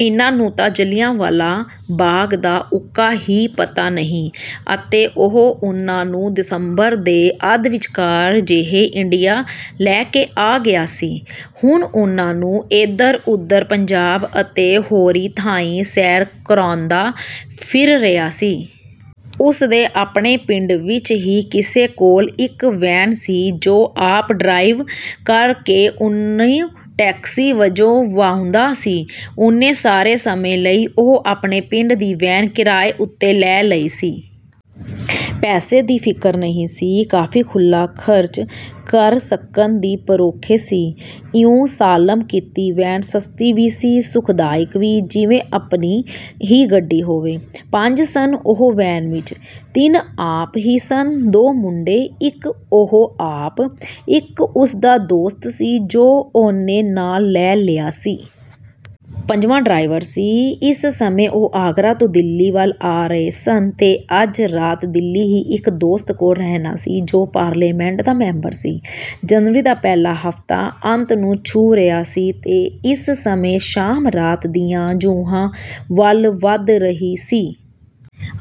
ਇਹਨਾਂ ਨੂੰ ਤਾਂ ਜਲ੍ਹਿਆਂਵਾਲਾ ਬਾਗ ਦਾ ਉਕਾ ਹੀ ਪਤਾ ਨਹੀਂ। ਅਤੇ ਉਹ ਉਹਨਾਂ ਨੂੰ ਦਸੰਬਰ ਦੇ ਅੱਧ ਵਿਚਕਾਰ ਜਿਹੇ ਇੰਡੀਆ ਲੈ ਕੇ ਆ ਗਿਆ ਸੀ। ਹੁਣ ਉਹਨਾਂ ਨੂੰ ਏਧਰ-ਉਧਰ ਪੰਜਾਬ ਅਤੇ ਹੋਰੀ ਥਾਂਈਂ ਸੈਰ ਕਰਾਉਂਦਾ ਫਿਰ ਰਿਹਾ ਸੀ। ਉਸ ਦੇ ਆਪਣੇ ਪਿੰਡ ਵਿਚ ਹੀ ਕਿਸੇ ਕੋਲ ਇਕ ਵੈਨ ਸੀ ਜੋ ਆਪ ਡਰਾਈਵ ਕਰ ਕੇ ਉਹਨੂੰ ਟੈਕਸੀ ਵਜੋਂ ਵਾਹੁੰਦਾ ਸੀ। ਉਹਨੇ, ਸਾਰੇ ਸਮੇਂ ਲਈ ਉਹ ਆਪਣੇ ਪਿੰਡ ਦੀ ਵੈਨ ਕਿਰਾਏ ਉਤੇ ਲੈ ਲਈ ਸੀ। ਪੈਸੇ ਦੀ ਫਿਕਰ ਨਹੀਂ ਸੀ। ਕਾਫੀ ਖੁੱਲ੍ਹਾ ਖਰਚ ਕਰ ਸਕਣ ਦੀ ਪਰੋਖੋਂ ਸੀ। ਇਉਂ ਸਾਲਮ ਕੀਤੀ ਵੈਨ ਸਸਤੀ ਵੀ ਸੀ, ਸੁਖਦਾਇਕ ਵੀ, ਜਿਵੇਂ ਆਪਣੀ ਹੀ ਗੱਡੀ ਹੋਵੇ। ਪੰਜ ਸਨ ਉਹ ਵੈਨ ਵਿਚ। ਤਿੰਨ ਆਪ ਹੀ ਸਨ-ਦੋ ਮੁੰਡੇ ਇਕ ਉਹ ਆਪ-ਇਕ ਉਸ ਦਾ ਦੋਸਤ ਸੀ ਜੋ ਉਹਨੈ ਨਾਲ ਲੈ ਲਿਆ ਸੀ। ਪੰਜਵਾਂ ਡਰਾਈਵਰ ਸੀ। ਇਸ ਸਮੇਂ ਉਹ ਆਗਰਾ ਤੋਂ ਦਿੱਲੀ ਵੱਲ ਆ ਰਹੇ ਸਨ ਤੇ ਅੱਜ ਰਾਤ ਦਿੱਲੀ ਹੀ ਇਕ ਦੋਸਤ ਕੋਲ ਰਹਿਣਾ ਸੀ ਜੋ ਪਾਰਲੀਮੈਂਟ ਦਾ ਮੈਂਬਰ ਸੀ। ਜਨਵਰੀ ਦਾ ਪਹਿਲਾ ਹਫਤਾ ਅੰਤ ਨੂੰ ਛੂਹ ਰਿਹਾ ਸੀ ਤੇ ਇਸ ਸਮੇਂ ਸ਼ਾਮ ਰਾਤ ਦੀਆਂ ਜੂਹਾਂ ਵੱਲ ਵੱਧ ਰਹੀ ਸੀ।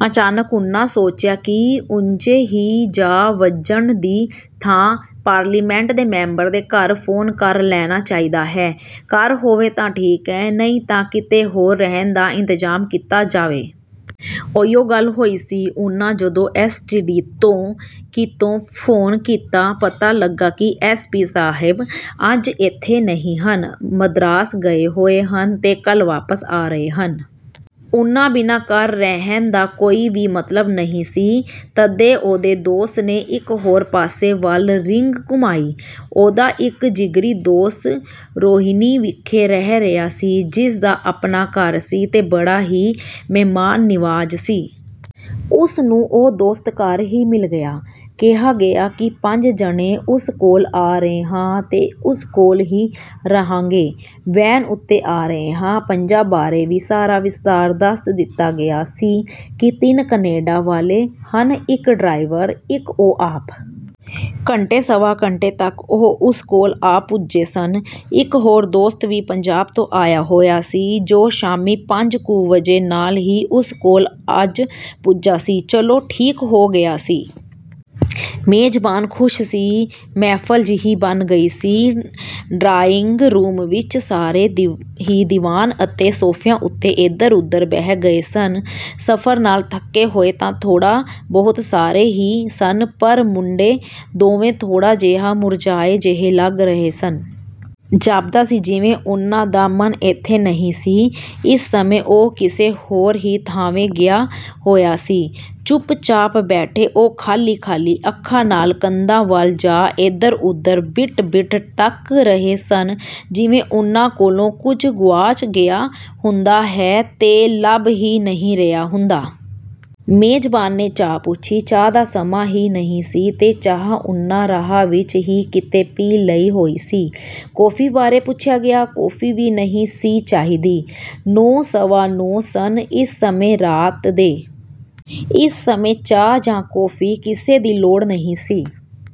ਅਚਾਨਕ ਉਹਨਾਂ ਸੋਚਿਆ ਕਿ ਉਂਜੇ ਹੀ ਜਾ ਵੱਜਣ ਦੀ ਥਾਂ ਪਾਰਲੀਮੈਂਟ ਦੇ ਮੈਂਬਰ ਦੇ ਘਰ ਫੋਨ ਕਰ ਲੈਣਾ ਚਾਹੀਦਾ ਹੈ। ਘਰ ਹੋਵੇ ਤਾਂ ਠੀਕ ਹੈ, ਨਹੀਂ ਤਾਂ ਕਿਤੇ ਹੋਰ ਰਹਿਣ ਦਾ ਇੰਤਜ਼ਾਮ ਕੀਤਾ ਜਾਵੇ। ਉਹੀਓ ਗੱਲ ਹੋਈ ਸੀ। ਉਹਨਾਂ ਜਦੋਂ ਐਸ. ਟੀ. ਡੀ. ਤੋਂ ਕਿਤੋਂ ਫੋਨ ਕੀਤਾ ਪਤਾ ਲੱਗਾ ਕਿ ਐਮ. ਪੀ. ਸਾਹਿਬ ਅੱਜ ਏਥੇ ਨਹੀਂ ਹਨ, ਮਦਰਾਸ ਗਏ ਹੋਏ ਹਨ ਤੇ ਕੱਲ੍ਹ ਵਾਪਸ ਆ ਰਹੇ ਹਨ। ਉਹਨਾਂ ਬਿਨਾਂ ਘਰ ਰਹਿਣ ਦਾ ਕੋਈ ਵੀ ਮਤਲਬ ਨਹੀਂ ਸੀ। ਤਦੇ ਉਹਦੇ ਦੋਸਤ ਨੇ ਇਕ ਹੋਰ ਪਾਸੇ ਵੱਲ ਰਿੰਗ ਘੁਮਾਈ। ਉਹਦਾ ਇਕ ਜਿਗਰੀ ਦੋਸਤ ਰੋਹਿਨੀ ਵਿਖੇ ਰਹਿ ਰਿਹਾ ਸੀ। ਜਿਸ ਦਾ ਆਪਣਾ ਘਰ ਸੀ ਤੇ ਬੜਾ ਹੀ ਮਹਿਮਾਨ ਨਿਵਾਜ਼ ਸੀ। ਉਸ ਨੂੰ ਉਹ ਦੋਸਤ ਘਰ ਹੀ ਮਿਲ ਗਿਆ। ਕਿਹਾ ਗਿਆ ਕਿ ਪੰਜ ਜਣੇ ਉਸ ਕੋਲ ਆ ਰਹੇ ਹਾਂ ਤੇ ਉਸ ਕੋਲ ਹੀ ਰਹਾਂਗੇ। ਵੈਨ ਉਤੇ ਆ ਰਹੇ ਹਾਂ। ਪੰਜਾਂ ਬਾਰੇ ਵੀ ਸਾਰਾ ਵਿਸਤਾਰ ਦੱਸ ਦਿੱਤਾ ਗਿਆ ਸੀ ਕਿ ਤਿੰਨ ਕੈਨੇਡਾ ਵਾਲੇ ਹਨ, ਇਕ ਡਰਾਈਵਰ, ਇਕ ਉਹ ਆਪ। ਘੰਟੇ-ਸਵਾ ਘੰਟੇ ਤੱਕ ਉਹ ਉਸ ਕੋਲ ਆ ਪੁੱਜੇ ਸਨ। ਇਕ ਹੋਰ ਦੋਸਤ ਵੀ ਪੰਜਾਬ ਤੋਂ ਆਇਆ ਹੋਇਆ ਸੀ ਜੋ ਸ਼ਾਮੀ ਪੰਜ ਕੁ ਵਜੇ ਨਾਲ ਹੀ ਉਸ ਕੋਲ ਅੱਜ ਪੁੱਜਾ ਸੀ। ਚਲੋ, ਠੀਕ ਹੋ ਗਿਆ ਸੀ। ਮੇਜ਼ਬਾਨ ਖੁਸ਼ ਸੀ। ਮਹਿਫਲ ਜਿਹੀ ਬਣ ਗਈ ਸੀ। ਡਰਾਇੰਗ ਰੂਮ ਵਿਚ ਸਾਰੇ ਹੀ ਦੀਵਾਨ ਅਤੇ ਸੋਫ਼ਿਆਂ ਉਤੇ ਏਧਰ ਉਧਰ ਬਹਿ ਗਏ ਸਨ। ਸਫਰ ਨਾਲ ਥੱਕੇ ਹੋਏ ਤਾਂ ਥੋੜ੍ਹਾ ਬਹੁਤ ਸਾਰੇ ਹੀ ਸਨ ਪਰ ਮੁੰਡੇ ਦੋਵੇਂ ਥੋੜ੍ਹਾ ਜਿਹਾ ਮੁਰਝਾਏ ਜਿਹੇ ਲੱਗ ਰਹੇ ਸਨ। ਜਾਪਦਾ ਸੀ ਜਿਵੇਂ ਉਹਨਾਂ ਦਾ ਮਨ ਏਥੇ ਨਹੀਂ ਸੀ, ਇਸ ਸਮੇਂ ਉਹ ਕਿਸੇ ਹੋਰ ਹੀ ਥਾਂਵੇਂ ਗਿਆ ਹੋਇਆ ਸੀ। ਚੁੱਪ ਚਾਪ ਬੈਠੇ ਉਹ ਖਾਲੀ-ਖਾਲੀ ਅੱਖਾਂ ਨਾਲ ਕੰਧਾਂ ਵਲ ਜਾਂ ਏਧਰ ਉਧਰ ਬਿੱਟ ਬਿੱਟ ਤੱਕ ਰਹੇ ਸਨ ਜਿਵੇਂ ਉਹਨਾਂ ਕੋਲੋਂ ਕੁਝ ਗੁਆਚ ਗਿਆ ਹੁੰਦਾ ਹੈ ਤੇ ਲੱਭ ਹੀ ਨਹੀਂ ਰਿਹਾ ਹੁੰਦਾ। ਮੇਜ਼ਬਾਨ ਨੇ ਚਾਹ ਪੁੱਛੀ। ਚਾਹ ਦਾ ਸਮਾਂ ਹੀ ਨਹੀਂ ਸੀ ਤੇ ਚਾਹ ਉਹਨਾਂ ਰਾਹ ਵਿਚ ਹੀ ਕਿਤੇ ਪੀ ਲਈ ਹੋਈ ਸੀ। ਕੋਫ਼ੀ ਬਾਰੇ ਪੁੱਛਿਆ ਗਿਆ। ਕੋਫ਼ੀ ਵੀ ਨਹੀਂ ਸੀ ਚਾਹੀਦੀ। ਨੌ-ਸਵਾ ਨੌ ਸਨ ਇਸ ਸਮੇਂ ਰਾਤ ਦੇ। ਇਸ ਸਮੇਂ ਚਾਹ ਜਾਂ ਕੌਫ਼ੀ ਕਿਸੇ ਦੀ ਲੋੜ ਨਹੀਂ ਸੀ।